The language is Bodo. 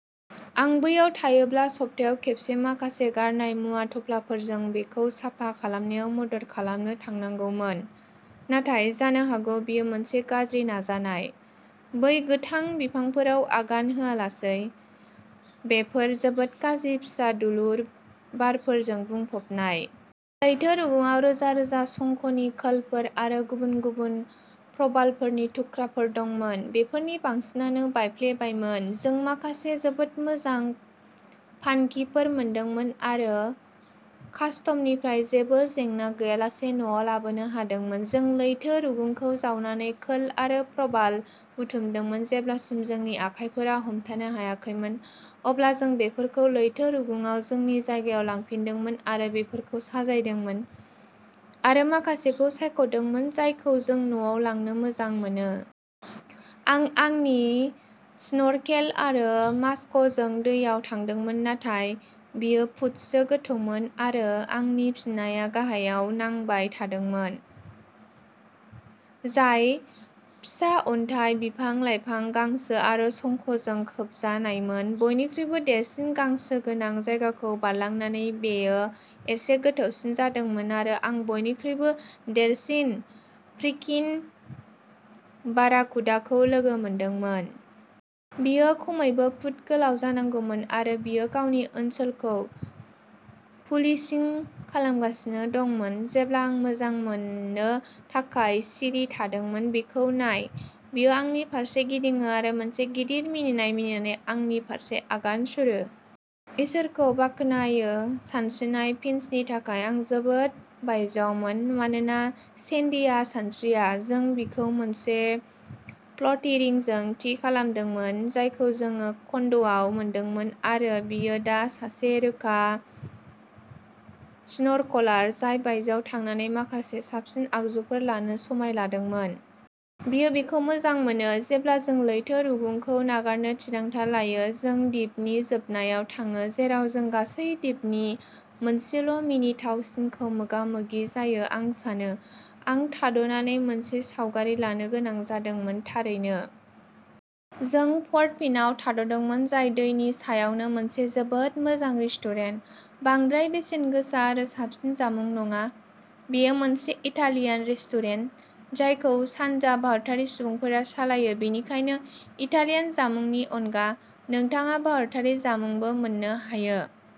आं बैयाव थायोब्ला सप्तायाव खेबसे माखासे गारनाय मुवा थफ्लाफोरजों बेखौ साफा खालामनायाव मदद खालामनो थांनांगौमोन, नाथाय जानो हागौ बेयो मोनसे गाज्रि नाजानाय। बै गोथां बिफांफोराव आगान होआलासै, बेफोर जोबोद गाज्रि फिसा दुलुर बारफोरजों बुंफबनाय! लैथो रुगुंआव रोजा-रोजा शंखनि खोलफोर आरो गुबुन-गुबुन प्रबालफोरनि थुख्राफोर दंमोन! बेफोरनि बांसिनानो बायफ्लेबायमोन! जों माखासे जोबोद मोजां फानकिफोर मोनदोंमोन आरो कास्टमनिफ्राय जेबो जेंना गैयालासे न'आव लाबोनो हादोंमोन। जों लैथो रुगुंखौ जावनानै खोल आरो प्रबाल बुथुमदोंमोन जेब्लासिम जोंनि आखाइफोरा हमथानो हायाखैमोन, अब्ला जों बेफोरखौ लैथो रुगुंआव जोंनि जायगायाव लांफिनदोंमोन आरो बेफोरखौ साजायदोंमोन आरो माखासेखौ सायख'दोंमोन जायखौ जों न'आव लांनो मोजां मोनो! आं आंनि स्नर्केल आरो मास्कजों दैयाव थांदोंमोन नाथाय बेयो फुटसो गोथौमोन आरो आंनि फिनाया गाहायाव नांबाय थादोंमोन, जाय फिसा अन्थाइ, बिफां-लाइफां, गांसो आरो शंखजों खोबजानायमोन। बयनिख्रुइबो देरसिन गांसो गोनां जायगाखौ बारलांनानै बेयो एसे गोथौसिन जादोंमोन आरो आं बयनिख्रुइबो देरसिन फ्रिकिन बाराकुडाखौ लोगो मोनदोंमोन! बियो खमैबो फुट गोलाव जानांगौमोन आरो बियो गावनि ओनसोलखौ पुलिसिं खालामगासिनो दंमोन। जेब्ला आं मोजां मोननो थाखाय सिरि थादोंमोन। बिखौ नाय, बियो आंनि फारसे गिदिङो आरो मोनसे गिदिर मिनिनाय मिनिनानै आंनि फारसे आगान सुरो। इसोरखौ बाख्नायो सानस्रिनाय फिन्सनि थाखाय!! आं जोबोद बायजोआवमोन!! मानोना सेन्डीआ सानस्रिया, जों बिखौ मोनसे "फ्ल'टि रिं" जों थि खालामदोंमोन जायखौ जों कन्ड'आव मोनदोंमोन आरो बियो दा सासे रोखा स्नर्कलार, जाय बायजोआव थांनानै माखासे साबसिन आगजुफोर लानो समाय लादोंमोन। बियो बेखौ मोजां मोनो! जेब्ला जों लैथो रुगुंखौ नागारनो थिरांथा लायो, जों दिपनि जोबनायाव थाङो जेराव जों गासै दिपनि मोनसेल'मिनिथाव सिनखौ मोगा-मोगि जायो, आं सानो। आं थाद'नानै मोनसे सावगारि लानो गोनां जादोंमोन, थारैनो! जों पर्ट'फिन'आव थाद'दोंमोन, जाय दैनि सायावनो मोनसे जोबोद मोजां रेस्टुरेन्ट। बांद्राय बेसेन गोसा आरो साबसिन जामुं नङा। बेयो मोनसे इटालियान रेस्टुरेन्ट जायखौ सानजा भारतारि सुबुंफोरा सालायो, बेनिखायनो इटालियान जामुंनि अनगा, नोंथाङा भारतारि जामुंबो मोननो हायो।